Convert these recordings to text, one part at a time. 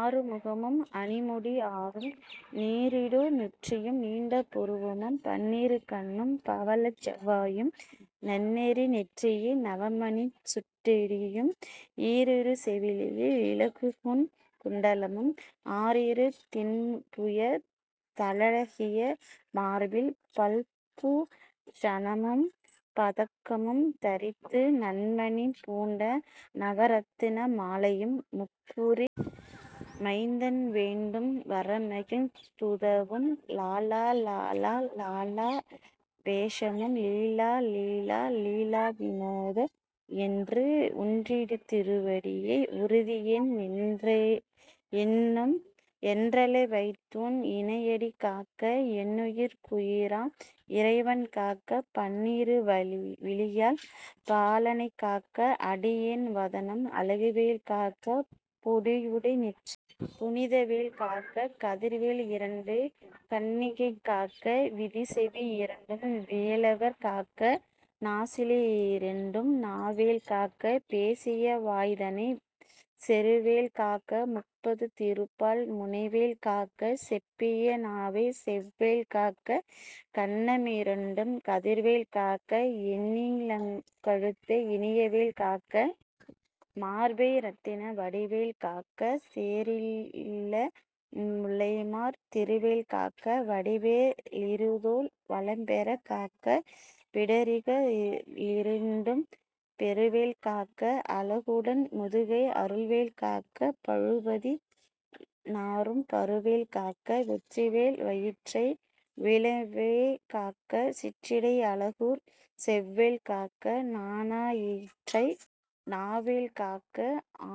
ஆறு முகமும் அணிமுடி ஆறும் நீறிடு நெற்றியும் நீண்ட புருவமும் பண்ணிரு கண்ணும் பவளச் செவ்வாயும் நன்னெறி நெற்றியில் நவமணிச் சுட்டியும் ஈராறு செவியில் இலகுகுண் டலமும் ஆறிரு திண்புயத் தழகிய மார்பில் பல்பூ ஷணமும் பதக்கமும் தரித்து நன்மணி பூண்ட நவரத்ன மாலையும் முப்புரி மைந்தன் வேண்டும் வரமகிழ்ந் துதவும் லாலா லாலா லாலா வேசமும் லீலா லீலா லீலாவிநோத னென்று உன்றிருவடியை உறுதியென் றெண்ணும் என்றலை வைத்துன் இணையடி காக்க என்னுயிர்க் குயிராம் இறைவன் காக்க பன்னிரு விழியால் பாலனைக் காக்க அடியேன் வதனம் அழகுவேல் காக்க பொடிபுனை நெற்றியைப் புனிதவேல் காக்க கதிர்வேல் இரண்டு கண்ணினைக்காக்க விதிசெவி இரண்டும் வேலவர் காக்க நாசிக ளிரண்டும் நல்வேல் காக்க பேசிய வாய்தனைப் பெருவேல் காக்க முப்பத் திருபல் முனைவேல் காக்க செப்பிய நாவை செவ்வேல் காக்க கன்ன மிரண்டும் கதிர்வேல் காக்க என்னிளங் கழுத்தை இனியவேல் காக்க மார்பை இரத்தின வடிவேல் காக்க சேரிள முலைமார் திருவேல் காக்க வடிவே லிருதோள் வளம்பெறக் காக்க பிடரிக ளிரண்டும் பெருவேல் காக்க அழகுடன் முதுகை அருள்வேல் காக்க பழுபதி னாறும் பருவேல் காக்க வெற்றிவேல் வயிற்றை விளங்கவே காக்க சிற்றிடை அழகுறச் செவ்வேல் காக்க நாணாங்கயிற்றை நல்வேல் காக்க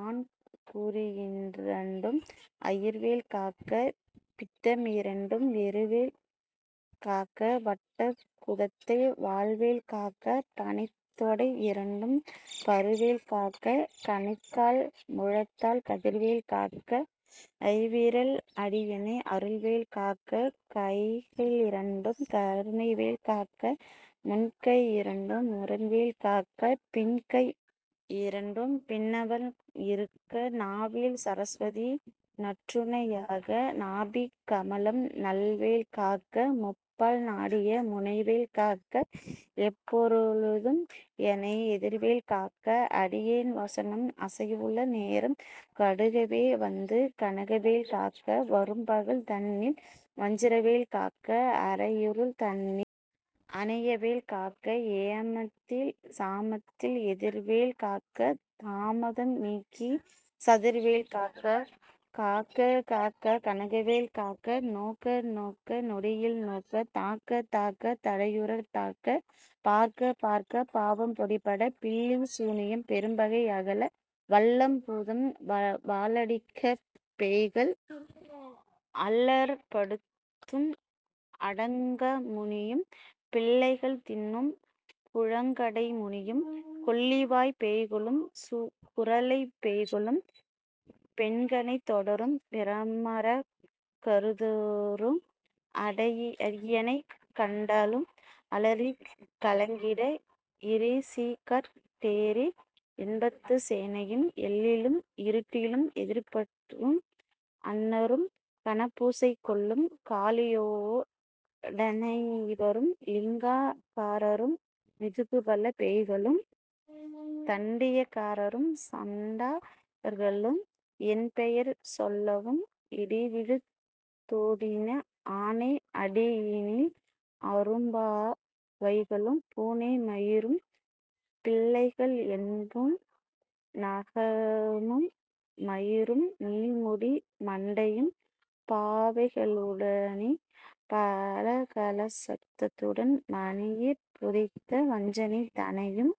ஆண்குறியிரண்டும் அயில்வேல் காக்க பிட்டமிரண்டும் பெருவேல் காக்க வட்டக் குதத்தை வல்வேல் காக்க பணைத்தொடை இரண்டும் பருவேல் காக்க கணைக்கால் முழந்தாள் கதிர்வேல் காக்க ஐவிரல் அடியினை அருள்வேல் காக்க கைக ளிரண்டும் கருணைவேல் காக்க முன்கை யிரண்டும் முரண்வேல் காக்க பின்கை யிரண்டும் பின்னவள் இருக்க நாவில் சரஸ்வதி நற்றுணை யாக நாபிக் கமலம் நல்வேல் காக்க முப்பால் நாடியை முனைவேல் காக்க எப்பொழுதும் எனை எதிர்வேல் காக்க அடியேன் வசனம் அசைவுள நேரம் கடுகவே வந்து கனகவேல் காக்க வரும்பகல் தன்னில் வச்சிரவேல் காக்க அரையிருள் தன்னில் அனையவேல் காக்க ஏமத்தில் சாமத்தில் எதிர்வேல் காக்க தாமதம் நீக்கிச் சதுர்வேல் காக்க காக்க காக்க கனகவேல் காக்க நோக்க நோக்க நொடியில் நோக்க தாக்க தாக்க தடையறத் தாக்க பார்க்க பார்க்க பாவம் பொடிபட பில்லி சூனியம் பெரும்பகை அகல வல்ல பூதம் வலாட்டிகப்பேய்கள் அல்லற்படுத்தும் அடங்காமுனியும் பிள்ளைகள் தின்னும் புழக்கடைமுனியும் கொள்ளிவாய்ப் பேய்களும் குறளைப் பேய்களும் பெண்களைத் தொடரும் பிரமராக் கருதரும் அடியனைக் கண்டால் அலறிக் கலங்கிட இரிசிகாட் டேரி இத்துன்ப சேனையும் எல்லிலும் இருட்டிலும் எதிர்ப்படும் அண்ணரும் கனபூசை கொள்ளும் காளியோ டனைவரும் விட்டாங் காரரும் மிகுபல பேய்களும் தண்டியக்காரரும் சண்டா ளர்களும் என் பெயர் சொல்லவும் இடிவிழுந் தோடிட ஆனை அடியினில் அரும்பா வைகளும் பூனை மயிரும் பிள்ளைகள் என்பும் நகமும் மயிரும் நீள்முடி மண்டையும் பாவைக ளுடனே பலகலசத்துடன் மனையிற் புதைத்த வஞ்சனை தனையும்